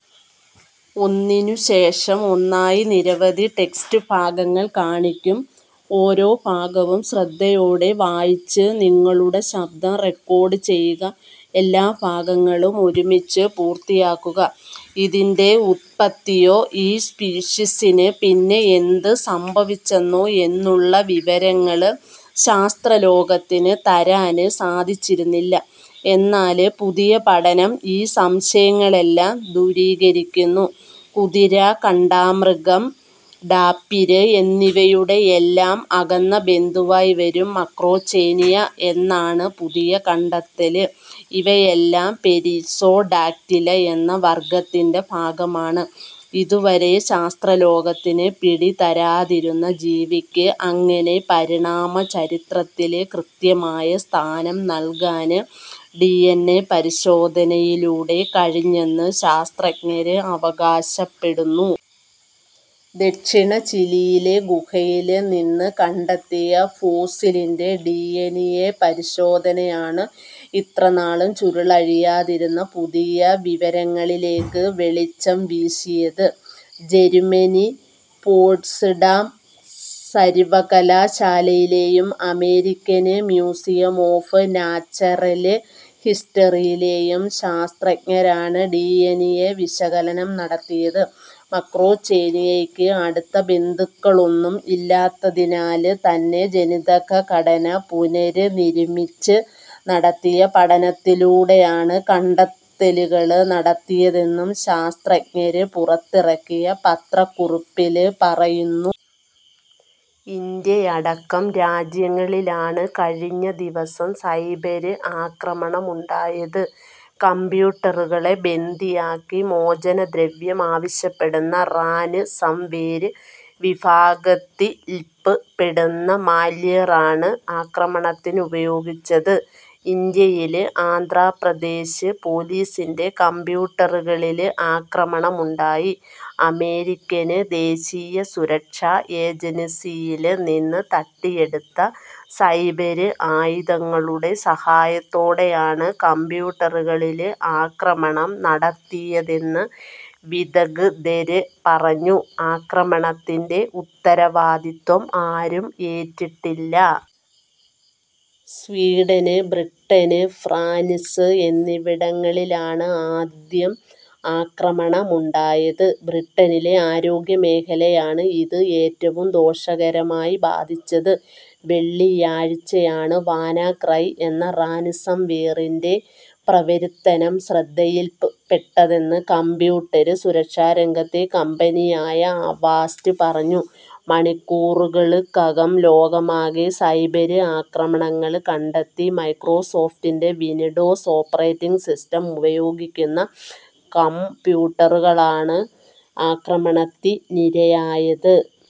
ഇതിന്റെ ഉത്പത്തിയോ ഈ സ്പീഷിസിന് പിന്നെ എന്ത് സംഭവിച്ചെന്നോ എന്നുള്ള വിവരങ്ങള് ശാസ്ത്രലോകത്തിന് തരാന് സാധിച്ചിരുന്നില്ല. എന്നാല് പുതിയ പഠനം ഈ സംശയങ്ങളെല്ലാം ദൂരീകരിക്കുന്നു. കുതിര, കണ്ടാമൃഗം, ടാപിര് എന്നിവയുടെയെല്ലാം അകന്ന ബന്ധുവായി വരും മക്രോചേനിയ എന്നാണ് പുതിയ കണ്ടെത്തല്. ഇവയെല്ലാം പെരിസ്സോഡാക്റ്റില എന്ന വര്ഗ്ഗത്തിന്റെ ഭാഗമാണ്. ഇതുവരെ ശാസ്ത്ര ലോകത്തിന് പിടി തരാതിരുന്ന ജീവിക്ക് അങ്ങനെ പരിണാമ ചരിത്രത്തില് കൃത്യമായ സ്ഥാനം നല്കാന് ഡിഎന്എ പരിശോധനയിലൂടെ കഴിഞ്ഞെന്ന് ശാസ്ത്രജ്ഞര് അവകാശപ്പെടുന്നു. ദക്ഷിണ ചിലിയിലെ ഗുഹയില് നിന്ന് കണ്ടെത്തിയ ഫോസിലിന്റെ ഡിഎന്എ പരിശോധനയാണ് ഇത്ര നാളും ചുരുളഴിയാതിരുന്ന പുതിയ വിവരങ്ങളിലേക്ക് വെളിച്ചം വീശിയത്. ജര്മ്മനി പോട്സ്ഡാം സര്വ്വകലാശാലയിലെയും അമേരിക്കന് മ്യൂസിയം ഓഫ് നാച്ചറല് ഹിസ്റ്ററിയിലെയും ശാസത്രജ്ഞരാണ് ഡിഎന്എ വിശകലനം നടത്തിയത്. മക്രോചേനിയയ്ക്ക് അടുത്ത ബന്ധുക്കളൊന്നും ഇല്ലാത്തിനാല് തന്നെ ജനിതക ഘടന പുനര്നിര്മ്മിച്ച് നടത്തിയ പഠനത്തിലൂടെയാണ് കണ്ടെത്തലുകള് നടത്തിയതെന്നും ശാസ്ത്രജ്ഞര് പുറത്തിറക്കിയ പത്രക്കുറിപ്പില് പറയുന്നു. ഇന്ത്യയടക്കം രാജ്യങ്ങളിലാണ് കഴിഞ്ഞ ദിവസം സൈബര് ആക്രമണമുണ്ടായത്. കംപ്യൂട്ടറുകളെ ബന്ദിയാക്കി മോചനദ്രവ്യം ആവശ്യപ്പെടുന്ന റാന്സംവേര് വിഭാഗത്തില്പ്പെടുന്ന മാല്വേറാണ് ആക്രമണത്തിനുപയോഗിച്ചത്. ഇന്ത്യയില് ആന്ധ്രാപ്രദേശ് പോലീസിന്റെ കംപ്യൂട്ടറുകളില് ആക്രമണമുണ്ടായി. അമേരിക്കന് ദേശീയസുരക്ഷാ ഏജന്സിയില് നിന്ന് തട്ടിയെടുത്ത 'സൈബര് ആയുധങ്ങളു'ടെ സഹായത്തോടെയാണ് കംപ്യൂട്ടറുകളില് ആക്രമണം നടത്തിയതെന്ന് വിദഗ്ധര് പറഞ്ഞു. ആക്രമണത്തിന്റെ ഉത്തരവാദിത്വം ആരും ഏറ്റിട്ടില്ല. സ്വീഡന്, ബ്രിട്ടന്, ഫ്രാന്സ് എന്നിവിടങ്ങളിലാണ് ആദ്യം ആക്രമണമുണ്ടായത്. ബ്രിട്ടനിലെ ആരോഗ്യമേഖലയെയാണ് ഇത് ഏറ്റവും ദോഷകരമായി ബാധിച്ചത്. വെള്ളിയാഴ്ചയാണ് 'വാനാക്രൈ' എന്ന റാന്സംവേറിന്റെ പ്രവര്ത്തനം ശ്രദ്ധയില്പ്പെട്ടതെന്ന് കമ്പ്യൂട്ടര് സുരക്ഷാരംഗത്തെ കമ്പനിയായ അവാസ്റ്റ് പറഞ്ഞു. മണിക്കൂറുകള്ക്കകം ലോകമാകെ സൈബര് ആക്രമണങ്ങള് കണ്ടെത്തി. മൈക്രോസോഫ്റ്റിന്റെ വിന്ഡോസ് ഓപ്പറേറ്റിങ് സിസ്റ്റം ഉപയോഗിക്കുന്ന കംപ്യൂട്ടറുകളാണ് ആക്രമണത്തിനിരയായത്.